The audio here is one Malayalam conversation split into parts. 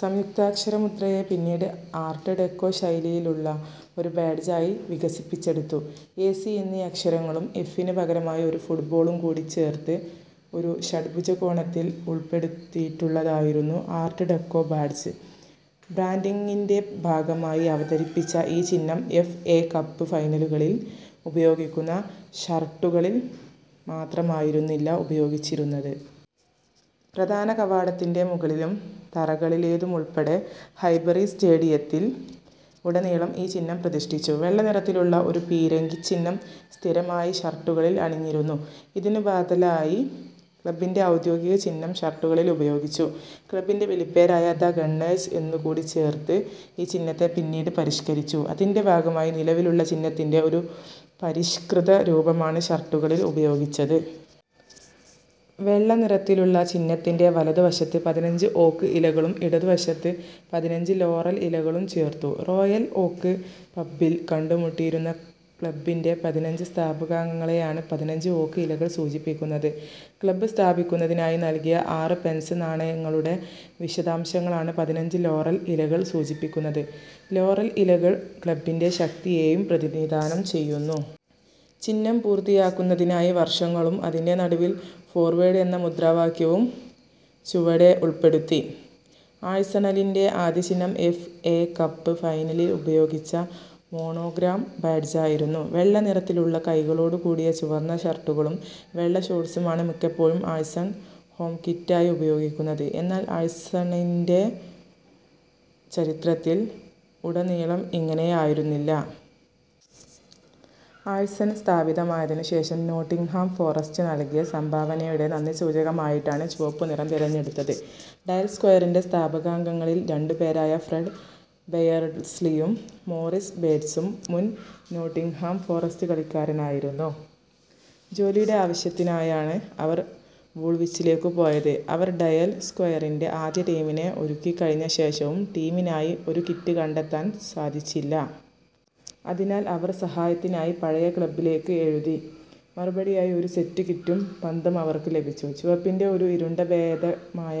സംയുക്താക്ഷരമുദ്രയെ പിന്നീട് ആർട്ട് ഡെക്കോ ശൈലിയിലുള്ള ഒരു ബാഡ്ജായി വികസിപ്പിച്ചെടുത്തു. എ, സി എന്നീ അക്ഷരങ്ങളും എഫിന് പകരമായി ഒരു ഫുട്ബോളും കൂടി ചേർത്ത് ഒരു ഷഡ്ഭുജകോണത്തിൽ ഉൾപ്പെടുത്തിയിട്ടുള്ളതായിരുന്നു ആർട്ട് ഡെക്കോ ബാഡ്ജ്. ബ്രാൻഡിങ്ങിൻ്റെഭാഗമായി അവതരിപ്പിച്ച ഈ ചിഹ്നം എഫ്. എ. കപ്പ് ഫൈനലുകളിൽ ഉപയോഗിക്കുന്ന ഷർട്ടുകളിൽ മാത്രമായിരുന്നില്ല ഉപയോഗിച്ചിരുന്നത്. പ്രധാനകവാടത്തിൻ്റെമുകളിലും തറകളിലേതുമുൾപ്പെടെ ഹൈബറി സ്റ്റേഡിയത്തിൽ ഉടനീളം ഈ ചിഹ്നം പ്രതിഷ്ഠിച്ചു. വെള്ളനിറത്തിലുള്ള ഒരു പീരങ്കിച്ചിഹ്നം സ്ഥിരമായി ഷർട്ടുകളിൽ അണിഞ്ഞിരുന്നു. ഇതിനു ബദലായി ക്ലബ്ബിൻ്റെഔദ്യോഗിക ചിഹ്നം ഷർട്ടുകളിൽ ഉപയോഗിച്ചു. ക്ലബ്ബിൻ്റെവിളിപ്പേരായ ദ ഗണ്ണേഴ്സ് എന്നുകൂടി ചേർത്ത് ഈ ചിഹ്നത്തെ പിന്നീട് പരിഷ്കരിച്ചു. അതിൻ്റെഭാഗമായി നിലവിലുള്ള ചിഹ്നത്തിൻ്റെ ഒരു പരിഷ്കൃതരൂപമാണ് ഷർട്ടുകളിൽ ഉപയോഗിച്ചത്. വെള്ളനിറത്തിലുള്ള ചിഹ്നത്തിൻ്റെ വലതുവശത്ത് പതിനഞ്ച് ഓക്ക് ഇലകളും ഇടതുവശത്ത് പതിനഞ്ച് ലോറൽ ഇലകളും ചേർത്തു. റോയൽ ഓക്ക് പബ്ബിൽ കണ്ടുമുട്ടിയിരുന്ന ക്ലബ്ബിൻ്റെപതിനഞ്ച് സ്ഥാപകാംഗങ്ങളെയാണ് പതിനഞ്ച് ഓക്ക് ഇലകൾ സൂചിപ്പിക്കുന്നത്. ക്ലബ് സ്ഥാപിക്കുന്നതിനായി നൽകിയ ആറ് പെൻസ് നാണയങ്ങളുടെ വിശദാംശങ്ങളാണ് പതിനഞ്ച് ലോറൽ ഇലകൾ സൂചിപ്പിക്കുന്നത്. ലോറൽ ഇലകൾ ക്ലബ്ബിൻ്റെ ശക്തിയെയും പ്രതിനിധാനം ചെയ്യുന്നു. ചിഹ്നം പൂർത്തിയാക്കുന്നതിനായി വർഷങ്ങളും അതിൻ്റെ നടുവിൽ ഫോർവേഡ് എന്ന മുദ്രാവാക്യവും ചുവടെ ഉൾപ്പെടുത്തി. ആഴ്സണലിൻ്റെ ആദ്യ ചിഹ്നം എഫ്. എ. കപ്പ് ഫൈനലിൽ ഉപയോഗിച്ച മോണോഗ്രാം ബാഡ്ജായിരുന്നു. വെള്ളനിറത്തിലുള്ള കൈകളോടുകൂടിയ ചുവന്ന ഷർട്ടുകളും വെള്ള ഷോർട്ട്സുമാണ് മിക്കപ്പോഴും ആഴ്സൺ ഹോം കിറ്റായി ഉപയോഗിക്കുന്നത്. എന്നാൽ ആഴ്സണിൻ്റെ ചരിത്രത്തിൽ ഉടനീളം ഇങ്ങനെയായിരുന്നില്ല. ആഴ്സൺ സ്ഥാപിതമായതിനുശേഷം നോട്ടിങ്ഹാം ഫോറസ്റ്റ് നൽകിയ സംഭാവനയുടെ നന്ദിസൂചകമായിട്ടാണ് ചുവപ്പുനിറം തിരഞ്ഞെടുത്തത്. ഡയൽ സ്ക്വയറിൻ്റെസ്ഥാപകാംഗങ്ങളിൽ രണ്ടുപേരായ ഫ്രെഡ് ബെയേർഡ്സ്ലിയും മോറിസ് ബേറ്റ്സും മുൻ നോട്ടിങ്ഹാം ഫോറസ്റ്റ് കളിക്കാരായിരുന്നു. ജോലിയുടെ ആവശ്യത്തിനായാണ് അവർ വൂൾവിച്ചിലേക്കു പോയത്. അവർ ഡയൽ സ്ക്വയറിൻ്റെആദ്യ ടീമിനെ ഒരുക്കിക്കഴിഞ്ഞ ശേഷവും ടീമിനായി ഒരു കിറ്റ് കണ്ടെത്താൻ സാധിച്ചില്ല. അതിനാൽ അവർ സഹായത്തിനായി പഴയ ക്ലബ്ബിലേക്ക് എഴുതി. മറുപടിയായി ഒരു സെറ്റ് കിറ്റും പന്തും അവർക്ക് ലഭിച്ചു. ചുവപ്പിൻ്റെഒരു ഇരുണ്ട ഭേദമായ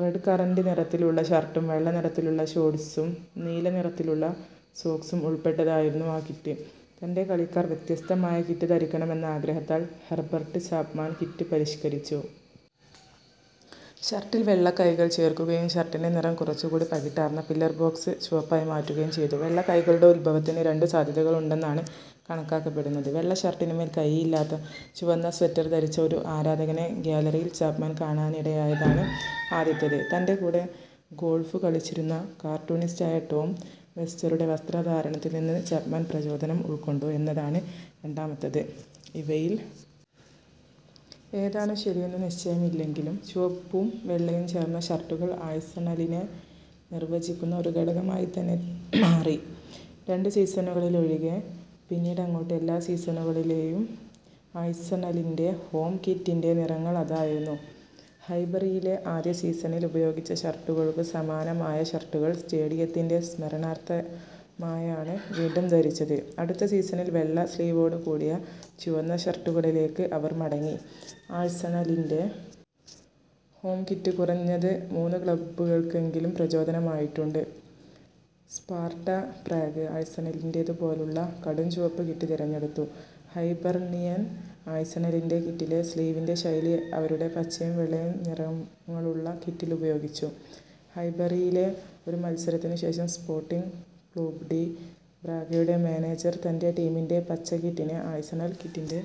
റെഡ്കറന്റ് നിറത്തിലുള്ള ഷർട്ടും വെള്ളനിറത്തിലുള്ള ഷോർട്ട്സും നീലനിറത്തിലുള്ള സോക്സും ഉൾപ്പെട്ടതായിരുന്നു ആ കിറ്റ്. തൻ്റെ കളിക്കാർ വ്യത്യസ്തമായ കിറ്റ് ധരിക്കണമെന്ന ആഗ്രഹത്താൽ ഹെർബർട്ട് ചാപ്മാൻ കിറ്റ് പരിഷ്കരിച്ചു. ഷർട്ടിൽ വെള്ള കൈകൾ ചേർക്കുകയും ഷർട്ടിൻ്റെനിറം കുറച്ചുകൂടി പകിട്ടാർന്ന പില്ലർ ബോക്സ് ചുവപ്പായി മാറ്റുകയും ചെയ്തു. വെള്ള കൈകളുടെ ഉത്ഭവത്തിന് രണ്ടു സാധ്യതകളുണ്ടെന്നാണ് കണക്കാക്കപ്പെടുന്നത്. വെള്ള ഷർട്ടിനുമേൽ കൈയില്ലാത്ത ചുവന്ന സ്വെറ്റർ ധരിച്ച ഒരു ആരാധകനെ ഗാലറിയിൽ ചാപ്മാൻ കാണാനിടയായതാണ് ആദ്യത്തേത്. തൻ്റെകൂടെ ഗോൾഫ് കളിച്ചിരുന്ന കാർട്ടൂണിസ്റ്റായ ടോം വെബ്സ്റ്ററുടെ വസ്ത്രധാരണത്തിൽനിന്ന് ചാപ്മാൻ പ്രചോദനം ഉൾക്കൊണ്ടു എന്നതാണ് രണ്ടാമത്തേത്. ഇവയിൽ ഏതാണു ശരിയെന്നു നിശ്ചയമില്ലെങ്കിലും ചുവപ്പും വെള്ളയും ചേർന്ന ഷർട്ടുകൾ ആഴ്സണലിനെ നിർവചിക്കുന്ന ഒരു ഘടകമായിത്തന്നെ മാറി. രണ്ടു സീസണുകളിലൊഴികെ പിന്നീടങ്ങോട്ട് എല്ലാ സീസണുകളിലെയും ആഴ്സണലിൻ്റെ ഹോം കിറ്റിൻ്റെനിറങ്ങൾ അതായിരുന്നു. ഹൈബറിയിലെ ആദ്യ സീസണിൽ ഉപയോഗിച്ച ഷർട്ടുകൾക്കു സമാനമായ ഷർട്ടുകൾ സ്റ്റേഡിയത്തിൻ്റെ സ്മരണാർത്ഥമായാണ് വീണ്ടും ധരിച്ചത്. അടുത്ത സീസണിൽ വെള്ള സ്ലീവോടുകൂടിയ ചുവന്ന ഷർട്ടുകളിലേക്ക് അവർ മടങ്ങി. ആഴ്സണലിൻ്റെ ഹോം കിറ്റ് കുറഞ്ഞത് മൂന്നു ക്ലബ്ബുകൾക്കെങ്കിലും പ്രചോദനമായിട്ടുണ്ട്. സ്പാർട്ട പ്രാഗ് ആഴ്സണലിന്റേതുപോലുള്ള കടുംചുവപ്പ് കിറ്റ് തിരഞ്ഞെടുത്തു. ഹൈബർണിയൻ ആഴ്സണലിൻ്റെ കിറ്റിലെ സ്ലീവിൻ്റെശൈലി അവരുടെ പച്ചയും വെള്ളയും നിറങ്ങളുള്ള കിറ്റിൽ ഉപയോഗിച്ചു. ഹൈബറിയിലെ ഒരു മത്സരത്തിനുശേഷം സ്പോർട്ടിങ് ക്ലൂബ് ഡി ബ്രാഗയുടെ മാനേജർ തൻ്റെടീമിൻ്റെ പച്ച കിറ്റിനെ ആഴ്സണൽ കിറ്റിൻ്റെ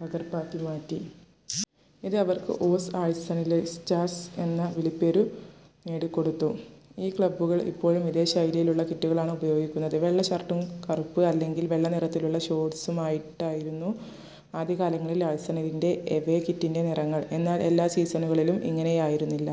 പകർപ്പാക്കി മാറ്റി. ഇത് അവർക്ക് ഓസ് ആഴ്സണലിസ്റ്റാസ് എന്ന വിളിപ്പേരു നേടിക്കൊടുത്തു. ഈ ക്ലബ്ബുകൾ ഇപ്പോഴും ഇതേ ശൈലിയിലുള്ള കിറ്റുകളാണ് ഉപയോഗിക്കുന്നത്. വെള്ള ഷർട്ടും കറുപ്പ് അല്ലെങ്കിൽ വെള്ള നിറത്തിലുള്ള ഷോർട്ട്സുമായിരുന്നു ആദ്യകാലങ്ങളിൽ ആഴ്സണലിൻ്റെ എവേ കിറ്റിൻ്റെനിറങ്ങൾ. എന്നാൽ എല്ലാ സീസണുകളിലും ഇങ്ങനെയായിരുന്നില്ല.